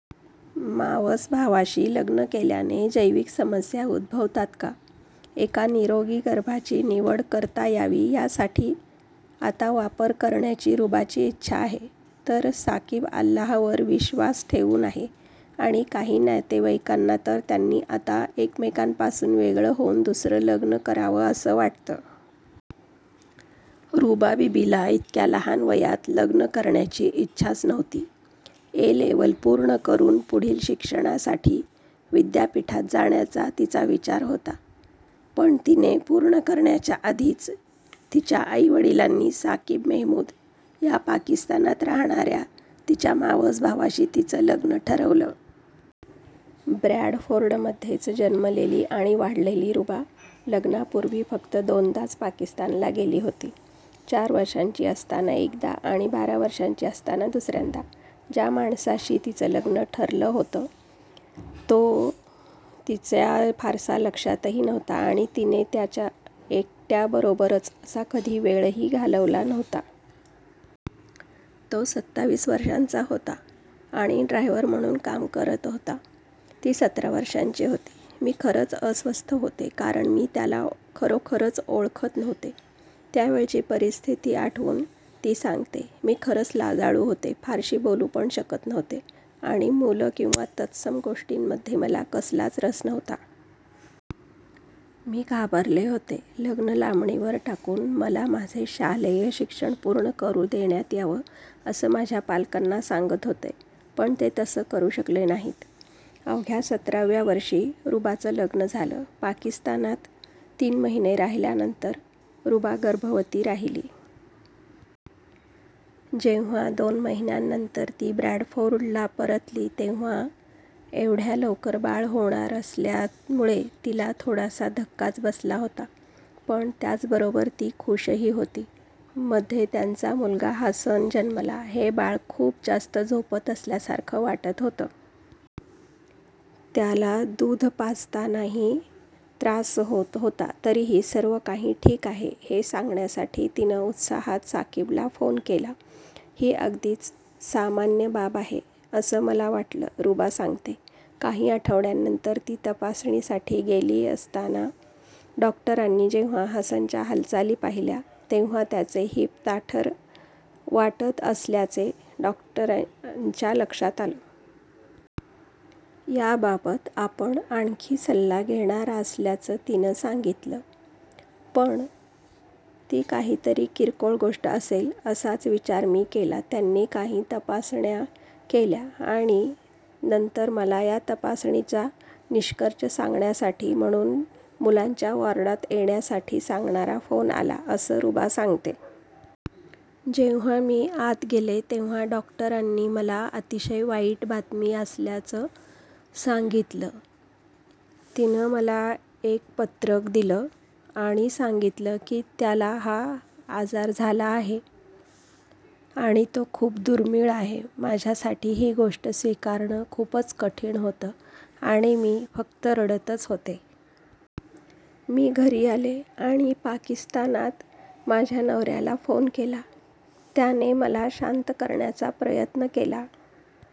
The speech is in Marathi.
मावसभावाशी लग्न केल्याने जैविक समस्या उद्भवतात का? एका निरोगी गर्भाची निवड करता यावी यासाठी आता वापर करण्याची रुबाची इच्छा आहे. तर साकीब अल्लाहवर विश्वास ठेवून आहे. आणि काही नातेवाईकांना तर त्यांनी आता एकमेकांपासून वेगळं होऊन दुसरं लग्न करावं, असं वाटतं. रुबा बिबीला इतक्या लहान वयात लग्न करण्याची इच्छाच नव्हती. ए-लेवल पूर्ण करून पुढील शिक्षणासाठी विद्यापीठात जाण्याचा तिचा विचार होता. पण तिने पूर्ण करण्याच्या आधीच तिच्या आई-वडिलांनी साकीब मेहमूद या पाकिस्तानात राहणाऱ्या तिच्या मावसभावाशी तिचं लग्न ठरवलं. ब्रॅडफोर्डमध्येच जन्मलेली आणि वाढलेली रुबा लग्नापूर्वी फक्त दोनदाच पाकिस्तानला गेली होती. चार वर्षांची असताना एकदा आणि बारा वर्षांची असताना दुसऱ्यांदा. ज्या माणसाशी तिचं लग्न ठरलं होतं, तो तिच्या फारसा लक्षातही नव्हता आणि तिने त्याच्या एकट्याबरोबरच असा कधी वेळही घालवला नव्हता. तो सत्तावीस वर्षांचा होता आणि ड्रायव्हर म्हणून काम करत होता. ती सतरा वर्षांची होती. मी खरंच अस्वस्थ होते, कारण मी त्याला खरोखरच ओळखत नव्हते त्यावेळची परिस्थिती आठवून ती सांगते. मी खरंच लाजाळू होते, फारशी बोलू पण शकत नव्हते आणि मुलं किंवा तत्सम गोष्टींमध्ये मला कसलाच रस नव्हता. मी घाबरले होते. लग्न लांबणीवर टाकून, मला माझं शालेय शिक्षण पूर्ण करू देण्यात यावं, असं माझ्या पालकांना सांगत होते. पण ते तसं करू शकले नाहीत. अवया सतरा व्या वर्षी रुबाचं लग्न झालं. पाकिस्तानात तीन महिने राहिल्यानंतर रुबा गर्भवती राहिली. जेव्हा दोन महिन्यांनंतर ती ब्रॅडफोर्डला परतली, तेव्हा एवढ्या लवकर बाळ होणार असल्यामुळे तिला थोडासा धक्काच बसला होता, पण त्याचबरोबर ती खूशही होती. मध्ये त्यांचा मुलगा हासन जन्मला. हे बाळ खूप जास्त झोपत असल्यासारखं वाटत होतं. त्याला दूध पाजतानाही त्रास होत होता. तरीही सर्व काही ठीक आहे, हे सांगण्यासाठी तिनं उत्साहात साकीबला फोन केला. ही अगदीच सामान्य बाब आहे, असं मला वाटलं रुबा सांगते. काही आठवड्यांनंतर ती तपासणीसाठी गेली असताना डॉक्टरांनी जेव्हा हासनच्या हालचाली पाहिल्या, तेव्हा त्याचे हिप ताठर वाटत असल्याचं डॉक्टरांच्या लक्षात आलं. याबाबत आपण आणखी सल्ला घेणार असल्याचं तिनं सांगितलं. पण ती काहीतरी किरकोळ गोष्ट असेल, असाच विचार मी केला. त्यांनी काही तपासण्या केल्या आणि नंतर मला या तपासणीचा निष्कर्ष सांगण्यासाठी म्हणून मुलांच्या वॉर्डात येण्यासाठी सांगणारा फोन आला असं रुबा सांगते. जेव्हा मी आत गेले, तेंव्हा डॉक्टरांनी मला अतिशय वाईट बातमी असल्याचं सांगितलं. तिनं मला एक पत्रक दिलं आणि सांगितलं की त्याला हा आजार झाला आहे आणि तो खूप दुर्मिळ आहे. माझ्यासाठी ही गोष्ट स्वीकारणं खूपच कठीण होतं आणि मी फक्त रडतच होते. मी घरी आले आणि पाकिस्तानात माझ्या नवऱ्याला फोन केला. त्याने मला शांत करण्याचा प्रयत्न केला.